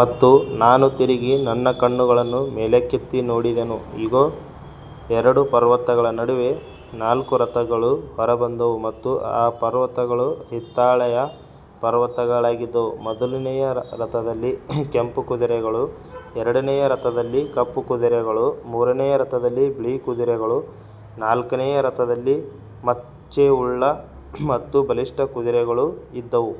ಮತ್ತು ನಾನು ತಿರುಗಿ ನನ್ನ ಕಣ್ಣುಗಳನ್ನು ಮೇಲಕ್ಕೆತ್ತಿ ನೋಡಿದೆನು. ಇಗೋ, ಎರಡು ಪರ್ವತಗಳ ನಡುವೆ ನಾಲ್ಕು ರಥಗಳು ಹೊರಬಂದವು ಮತ್ತು ಆ ಪರ್ವತಗಳು ಹಿತ್ತಾಳೆಯ ಪರ್ವತಗಳಾಗಿದ್ದವು. ಮೊದಲನೆಯ ರಥದಲ್ಲಿ ಕೆಂಪು ಕುದುರೆಗಳೂ, ಎರಡನೆಯ ರಥದಲ್ಲಿ ಕಪ್ಪು ಕುದುರೆಗಳೂ, ಮೂರನೆಯ ರಥದಲ್ಲಿ ಬಿಳಿ ಕುದುರೆಗಳೂ, ನಾಲ್ಕನೆಯ ರಥದಲ್ಲಿ ಮಚ್ಚೆಯುಳ್ಳ ಮತ್ತು ಬಲಿಷ್ಠ ಕುದುರೆಗಳೂ ಇದ್ದವು.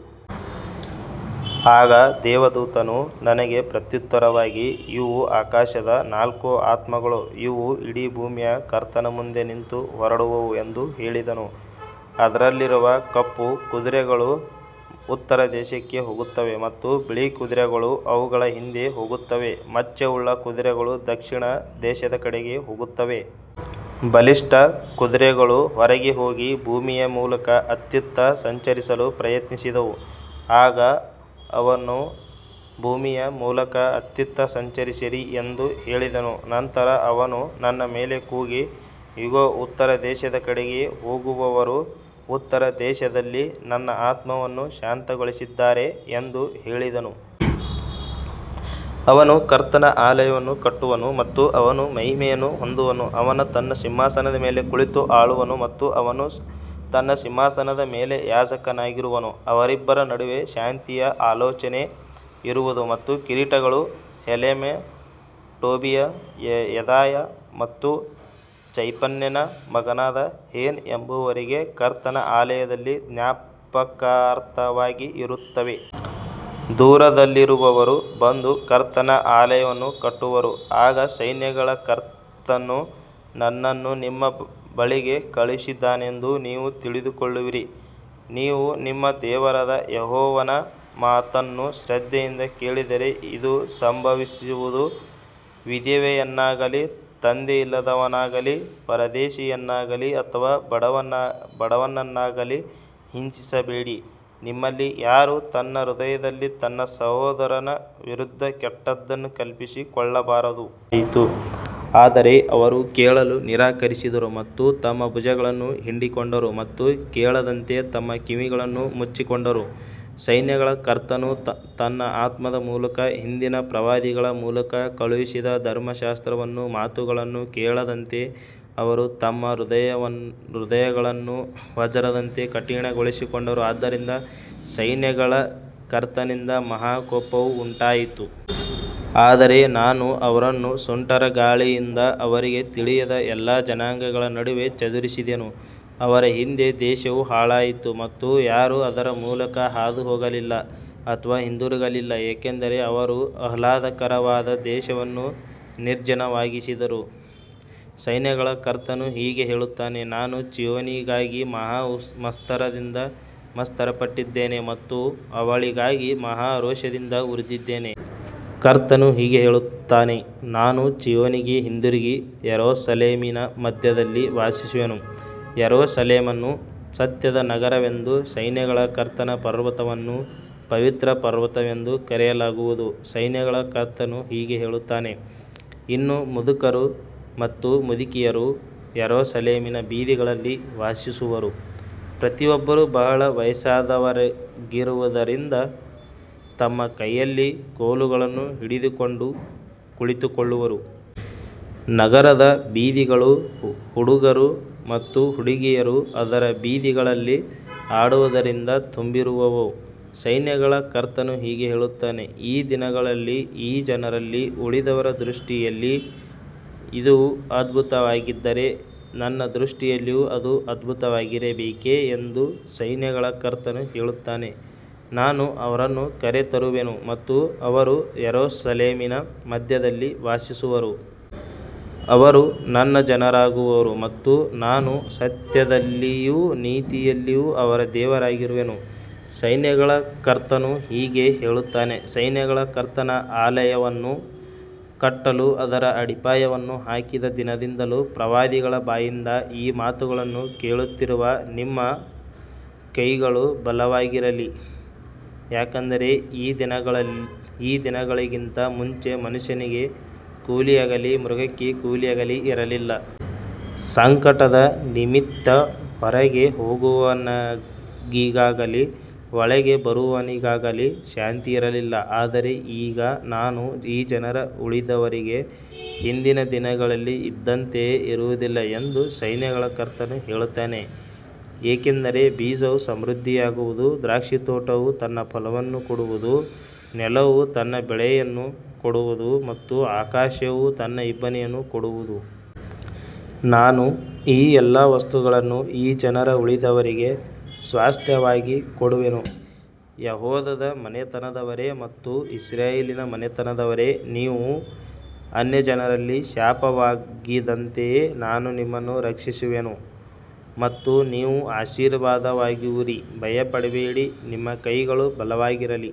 ಆಗ ದೇವದೂತನು ನನಗೆ ಪ್ರತ್ಯುತ್ತರವಾಗಿ, ಇವು ಆಕಾಶದ ನಾಲ್ಕು ಆತ್ಮಗಳು, ಇವು ಇಡೀ ಭೂಮಿಯ ಕರ್ತನ ಮುಂದೆ ನಿಂತು ಹೊರಡುವವು ಎಂದು ಹೇಳಿದನು. ಅದರಲ್ಲಿರುವ ಕಪ್ಪು ಕುದುರೆಗಳು ಉತ್ತರ ದೇಶಕ್ಕೆ ಹೋಗುತ್ತವೆ ಮತ್ತು ಬಿಳಿ ಕುದುರೆಗಳು ಅವುಗಳ ಹಿಂದೆ ಹೋಗುತ್ತವೆ. ಮಚ್ಚೆಯುಳ್ಳ ಕುದುರೆಗಳು ದಕ್ಷಿಣ ದೇಶದ ಕಡೆಗೆ ಹೋಗುತ್ತವೆ. ಬಲಿಷ್ಠ ಕುದುರೆಗಳು ಹೊರಗೆ ಹೋಗಿ ಭೂಮಿಯ ಮೂಲಕ ಅತ್ತಿತ್ತ ಸಂಚರಿಸಲು ಪ್ರಯತ್ನಿಸಿದವು. ಆಗ ಅವನು, ಭೂಮಿಯ ಮೂಲಕ ಅತ್ತಿತ್ತ ಸಂಚರಿಸಿರಿ ಎಂದು ಹೇಳಿದನು. ನಂತರ ಅವನು ನನ್ನ ಮೇಲೆ ಕೂಗಿ, ಇಗೋ, ಉತ್ತರ ದೇಶದ ಕಡೆಗೆ ಹೋಗುವವರು ಉತ್ತರ ದೇಶದಲ್ಲಿ ನನ್ನ ಆತ್ಮವನ್ನು ಶಾಂತಗೊಳಿಸಿದ್ದಾರೆ ಎಂದು ಹೇಳಿದನು. ಅವನು ಕರ್ತನ ಆಲಯವನ್ನು ಕಟ್ಟುವನು ಮತ್ತು ಅವನು ಮಹಿಮೆಯನ್ನು ಹೊಂದುವನು. ಅವನು ತನ್ನ ಸಿಂಹಾಸನದ ಮೇಲೆ ಕುಳಿತು ಆಳುವನು ಮತ್ತು ಅವನು ತನ್ನ ಸಿಂಹಾಸನದ ಮೇಲೆ ಯಾಜಕನಾಗಿರುವನು. ಅವರಿಬ್ಬರ ನಡುವೆ ಶಾಂತಿಯ ಆಲೋಚನೆ ಇರುವುದು. ಮತ್ತು ಕಿರೀಟಗಳು ಹೆಲೆಮ್, ಟೋಬೀಯ, ಯೆದಾಯ ಮತ್ತು ಚೆಫನ್ಯನ ಮಗನಾದ ಹೆನ್ ಎಂಬುವರಿಗೆ ಕರ್ತನ ಆಲಯದಲ್ಲಿ ಜ್ಞಾಪಕಾರ್ಥವಾಗಿ ಇರುತ್ತವೆ. ದೂರದಲ್ಲಿರುವವರು ಬಂದು ಕರ್ತನ ಆಲಯವನ್ನು ಕಟ್ಟುವರು. ಆಗ ಸೈನ್ಯಗಳ ಕರ್ತನು ನನ್ನನ್ನು ನಿಮ್ಮ ಬಳಿಗೆ ಕಳುಹಿಸಿದ್ದಾನೆಂದು ನೀವು ತಿಳಿದುಕೊಳ್ಳುವಿರಿ. ನೀವು ನಿಮ್ಮ ದೇವರಾದ ಯೆಹೋವನ ಮಾತನ್ನು ಶ್ರದ್ಧೆಯಿಂದ ಕೇಳಿದರೆ ಇದು ಸಂಭವಿಸುವುದು. ವಿಧವೆಯನ್ನಾಗಲಿ, ತಂದೆಯಿಲ್ಲದವನನ್ನಾಗಲಿ, ಪರದೇಶಿಯನ್ನಾಗಲಿ ಅಥವಾ ಬಡವನನ್ನಾಗಲಿ ಹಿಂಸಿಸಬೇಡಿ. ನಿಮ್ಮಲ್ಲಿ ಯಾರೂ ತನ್ನ ಹೃದಯದಲ್ಲಿ ತನ್ನ ಸಹೋದರನ ವಿರುದ್ಧ ಕೆಟ್ಟದ್ದನ್ನು ಕಲ್ಪಿಸಿಕೊಳ್ಳಬಾರದು. ಆದರೆ ಅವರು ಕೇಳಲು ನಿರಾಕರಿಸಿದರು ಮತ್ತು ತಮ್ಮ ಭುಜಗಳನ್ನು ಹಿಂಡಿಕೊಂಡರು ಮತ್ತು ಕೇಳದಂತೆ ತಮ್ಮ ಕಿವಿಗಳನ್ನು ಮುಚ್ಚಿಕೊಂಡರು. ಸೈನ್ಯಗಳ ಕರ್ತನು ತನ್ನ ಆತ್ಮದ ಮೂಲಕ ಹಿಂದಿನ ಪ್ರವಾದಿಗಳ ಮೂಲಕ ಕಳುಹಿಸಿದ ಧರ್ಮಶಾಸ್ತ್ರವನ್ನೂ ಮಾತುಗಳನ್ನೂ ಕೇಳದಂತೆ ಅವರು ತಮ್ಮ ಹೃದಯಗಳನ್ನು ವಜ್ರದಂತೆ ಕಠಿಣಗೊಳಿಸಿಕೊಂಡರು. ಆದ್ದರಿಂದ ಸೈನ್ಯಗಳ ಕರ್ತನಿಂದ ಮಹಾ ಕೋಪವು ಉಂಟಾಯಿತು. ಆದರೆ ನಾನು ಅವರನ್ನು ಸುಂಟರಗಾಳಿಯಿಂದ ಅವರಿಗೆ ತಿಳಿಯದ ಎಲ್ಲಾ ಜನಾಂಗಗಳ ನಡುವೆ ಚದುರಿಸಿದೆನು. ಅವರ ಹಿಂದೆ ದೇಶವು ಹಾಳಾಯಿತು ಮತ್ತು ಯಾರೂ ಅದರ ಮೂಲಕ ಹಾದುಹೋಗಲಿಲ್ಲ ಅಥವಾ ಹಿಂದಿರುಗಲಿಲ್ಲ. ಏಕೆಂದರೆ ಅವರು ಆಹ್ಲಾದಕರವಾದ ದೇಶವನ್ನು ನಿರ್ಜನವಾಗಿಸಿದರು. ಸೈನ್ಯಗಳ ಕರ್ತನು ಹೀಗೆ ಹೇಳುತ್ತಾನೆ, ನಾನು ಚೀಯೋನಿಗಾಗಿ ಮಹಾ ಮತ್ಸರದಿಂದ ಮತ್ಸರಪಟ್ಟಿದ್ದೇನೆ ಮತ್ತು ಅವಳಿಗಾಗಿ ಮಹಾ ರೋಷದಿಂದ ಉರಿದಿದ್ದೇನೆ. ಕರ್ತನು ಹೀಗೆ ಹೇಳುತ್ತಾನೆ, ನಾನು ಚೀಯೋನಿಗೆ ಹಿಂದಿರುಗಿ ಯೆರೂಸಲೇಮಿನ ಮಧ್ಯದಲ್ಲಿ ವಾಸಿಸುವೆನು. ಯೆರೂಸಲೇಮನ್ನು ಸತ್ಯದ ನಗರವೆಂದೂ ಸೈನ್ಯಗಳ ಕರ್ತನ ಪರ್ವತವನ್ನು ಪವಿತ್ರ ಪರ್ವತವೆಂದೂ ಕರೆಯಲಾಗುವುದು. ಸೈನ್ಯಗಳ ಕರ್ತನು ಹೀಗೆ ಹೇಳುತ್ತಾನೆ, ಇನ್ನೂ ಮುದುಕರು ಮತ್ತು ಮುದುಕಿಯರು ಯೆರೂಸಲೇಮಿನ ಬೀದಿಗಳಲ್ಲಿ ವಾಸಿಸುವರು. ಪ್ರತಿಯೊಬ್ಬರೂ ಬಹಳ ವಯಸ್ಸಾದವರಾಗಿರುವುದರಿಂದ ತಮ್ಮ ಕೈಯಲ್ಲಿ ಕೋಲುಗಳನ್ನು ಹಿಡಿದುಕೊಂಡು ಕುಳಿತುಕೊಳ್ಳುವರು. ನಗರದ ಬೀದಿಗಳು ಹುಡುಗರು ಮತ್ತು ಹುಡುಗಿಯರು ಅದರ ಬೀದಿಗಳಲ್ಲಿ ಆಡುವುದರಿಂದ ತುಂಬಿರುವವು. ಸೈನ್ಯಗಳ ಕರ್ತನು ಹೀಗೆ ಹೇಳುತ್ತಾನೆ, ಈ ದಿನಗಳಲ್ಲಿ ಈ ಜನರಲ್ಲಿ ಉಳಿದವರ ದೃಷ್ಟಿಯಲ್ಲಿ ಇದು ಅದ್ಭುತವಾಗಿದ್ದರೆ, ನನ್ನ ದೃಷ್ಟಿಯಲ್ಲಿಯೂ ಅದು ಅದ್ಭುತವಾಗಿರಬೇಕೇ ಎಂದು ಸೈನ್ಯಗಳ ಕರ್ತನು ಹೇಳುತ್ತಾನೆ. ನಾನು ಅವರನ್ನು ಕರೆತರುವೆನು ಮತ್ತು ಅವರು ಯೆರೂಸಲೇಮಿನ ಮಧ್ಯದಲ್ಲಿ ವಾಸಿಸುವರು. ಅವರು ನನ್ನ ಜನರಾಗುವರು ಮತ್ತು ನಾನು ಸತ್ಯದಲ್ಲಿಯೂ ನೀತಿಯಲ್ಲಿಯೂ ಅವರ ದೇವರಾಗಿರುವೆನು. ಸೈನ್ಯಗಳ ಕರ್ತನು ಹೀಗೆ ಹೇಳುತ್ತಾನೆ, ಸೈನ್ಯಗಳ ಕರ್ತನ ಆಲಯವನ್ನು ಕಟ್ಟಲು ಅದರ ಅಡಿಪಾಯವನ್ನು ಹಾಕಿದ ದಿನದಿಂದಲೂ ಪ್ರವಾದಿಗಳ ಬಾಯಿಂದ ಈ ಮಾತುಗಳನ್ನು ಕೇಳುತ್ತಿರುವ ನಿಮ್ಮ ಕೈಗಳು ಬಲವಾಗಿರಲಿ. ಯಾಕಂದರೆ ಈ ದಿನಗಳಿಗಿಂತ ಮುಂಚೆ ಮನುಷ್ಯನಿಗೆ ಕೂಲಿಯಾಗಲಿ, ಮೃಗಕ್ಕೆ ಕೂಲಿಯಾಗಲಿ ಇರಲಿಲ್ಲ. ಸಂಕಟದ ನಿಮಿತ್ತ ಹೊರಗೆ ಹೋಗುವವನಿಗಾಗಲಿ ಒಳಗೆ ಬರುವವನಿಗಾಗಲಿ ಶಾಂತಿ ಇರಲಿಲ್ಲ. ಆದರೆ ಈಗ ನಾನು ಈ ಜನರ ಉಳಿದವರಿಗೆ ಹಿಂದಿನ ದಿನಗಳಲ್ಲಿ ಇದ್ದಂತೆಯೇ ಇರುವುದಿಲ್ಲ ಎಂದು ಸೈನ್ಯಗಳ ಕರ್ತನು ಹೇಳುತ್ತಾನೆ. ಏಕೆಂದರೆ ಬೀಜವು ಸಮೃದ್ಧಿಯಾಗುವುದು, ದ್ರಾಕ್ಷಿತೋಟವು ತನ್ನ ಫಲವನ್ನು ಕೊಡುವುದು, ನೆಲವು ತನ್ನ ಬೆಳೆಯನ್ನು ಕೊಡುವುದು ಮತ್ತು ಆಕಾಶವು ತನ್ನ ಇಬ್ಬನಿಯನ್ನು ಕೊಡುವುದು. ನಾನು ಈ ಎಲ್ಲಾ ವಸ್ತುಗಳನ್ನು ಈ ಜನರ ಉಳಿದವರಿಗೆ ಸ್ವಾಸ್ತ್ಯವಾಗಿ ಕೊಡುವೆನು. ಯೆಹೂದದ ಮನೆತನದವರೇ ಮತ್ತು ಇಸ್ರಾಯೇಲಿನ ಮನೆತನದವರೇ, ನೀವು ಅನ್ಯಜನರಲ್ಲಿ ಶಾಪವಾಗಿದ್ದಂತೆಯೇ ನಾನು ನಿಮ್ಮನ್ನು ರಕ್ಷಿಸುವೆನು ಮತ್ತು ನೀವು ಆಶೀರ್ವಾದವಾಗುವಿರಿ. ಭಯಪಡಬೇಡಿ, ನಿಮ್ಮ ಕೈಗಳು ಬಲವಾಗಿರಲಿ.